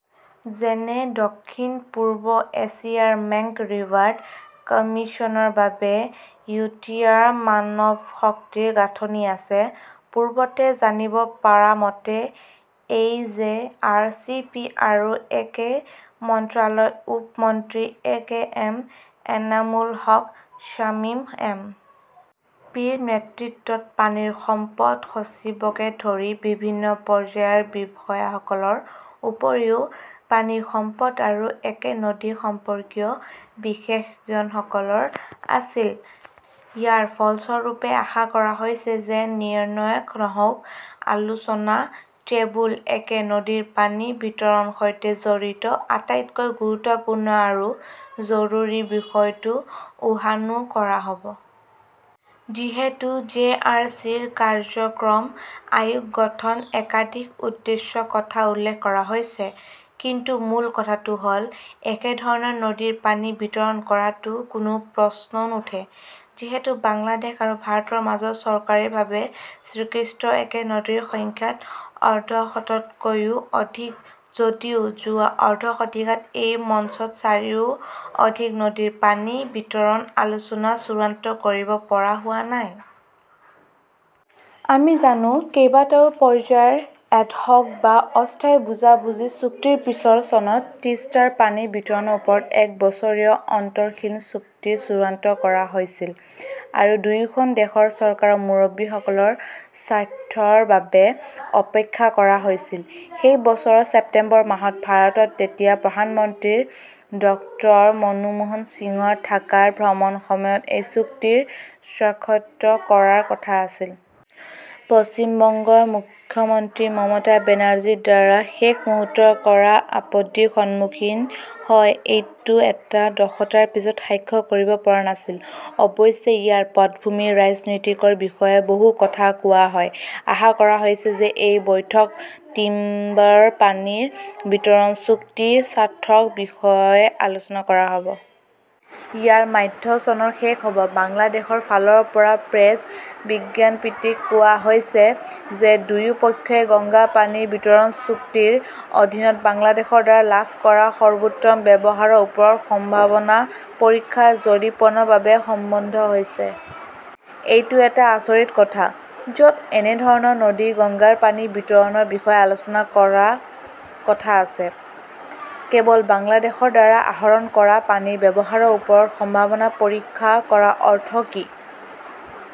যেনে দক্ষিণ পূব এছিয়াৰ মেকং ৰিভাৰ কমিছনৰ বাবে য়ুটীয়া মানৱশক্তিৰ গাঁথনি আছে। পূৰ্বতে জানিব পাৰা মতে, এই জে. আৰ. চি. পি. আৰু একে মন্ত্ৰালয়ৰ উপ মন্ত্ৰী A. K. M. Enamul Haque Shamim M. P. এ নেতৃত্বত, পানী সম্পদ সচিবকে ধৰি বিভিন্ন পৰ্যায়ৰ বিষয়াসকলৰ উপৰিও পানী সম্পদ আৰু একে নদী সম্পৰ্কীয় বিশেষজ্ঞসকল আছিল। ইয়াৰ ফলস্বৰূপে আশা কৰা হৈছে যে নিয়ণক হওঁক, আলোচনা টেবুলত একে নদীৰ পানী বিতৰণৰ সৈতে জড়িত আটাইতকৈ গুৰুত্বপূৰ্ণ আৰু জৰুৰী বিষয়বোৰ উত্থাপন কৰা হ 'ব। যিহেতু জে. আৰ. চি. ৰ কাৰ্যক্ৰম আয়োগ গঠন একাধিক উদ্দেশ্যৰ কথা উল্লেখ কৰা হৈছে, কিন্তু মূল কথাটো হ’ল একেধৰণৰ নদীৰ পানী বিতৰণ কৰাটো কোনো প্ৰশ্নই নুঠে। যিহেতু বাংলাদেশ আৰু ভাৰতৰ মাজত চৰকাৰীভাৱে স্বীস্কৃত একে নদীৰ সংখ্যা অৰ্ধশততকৈও অধিক যদিও যোৱা অৰ্ধ শতিকাত এই মঞ্চত চাৰিৰো অধিক নদীৰ পানী বিতৰণৰ আলোচনা চূড়ান্ত কৰিব পৰা হোৱা নাই। আমি জানো, কেইবাটাও পৰ্যায়ৰ এডহক "বা অস্থায়ী বুজাবুজি চুক্তিৰ পিছত চনত তিষ্টাৰ পানী বিতৰণৰ ওপৰত এক বছৰীয়া' অন্তশীল" চুক্তি চূড়ান্ত কৰা হৈছিল আৰু দুয়োখন দেশৰ চৰকাৰৰ মুৰব্বীসকলৰ স্বাক্ষৰৰ বাবে অপেক্ষা কৰা হৈছিল। সেই বছৰৰ ছেপ্টেম্বৰ মাহত ভাৰতৰ তেতিয়াৰ প্ৰধানমন্ত্ৰী ডক্টৰ মনমোহন সিঙৰ ঢাকা ভ্ৰমণ সময়ত এই চুক্তিত স্বাক্ষত্ত্ব কৰাৰ কথা আছিল। পশ্চিম বংগৰ মুখ্যমন্ত্ৰী মমতা বেনাৰ্জীৰ দ্বাৰা শেষ মুহূৰ্তত কৰা আপত্তিৰ সন্মুখীন হৈ এইটো এটা দশতা পিছত হা কৰিব পৰা নাছিল। অৱশ্যে ইয়াৰ পটভূমি ৰাজনীতিক বিষয়ে বহু কথা কোৱা হয়। আশা কৰা হৈছিল যে এই বৈঠকত তিনবাৰ পানী বিতৰণ চুক্তি স্বাক্ষৰৰ বিষয়ে আলোচনা কৰা হ 'ব। ইয়াৰ ম্যাদ চনত শেষ হ 'ব। বাংলাদেশৰ ফালৰ পৰা প্ৰেছ বিজ্ঞানপ্তিত কোৱা হৈছে যে 'দুয়োপক্ষই গংগা পানী বিতৰণ চুক্তিৰ অধীনত বাংলাদেশৰ দ্বাৰা লাভ কৰা সৰ্বোত্তম ব্যৱহাৰৰ ওপৰত সম্ভাৱনা পৰীক্ষা জৰীপনৰ বাবে সম্বন্ধ হৈছে। এইটো এটা আচৰিত কথা। য 'ত একেধৰণৰ নদী গংগাৰ পানী বিতৰণৰ বিষয়ে আলোচনা কৰাৰ কথা আছে, কেৱল বাংলাদেশৰ দ্বাৰা আহৰণ কৰা পানীৰ ব্যৱহাৰৰ ওপৰত সম্ভাৱনা পৰীক্ষা কৰাৰ অৰ্থ কি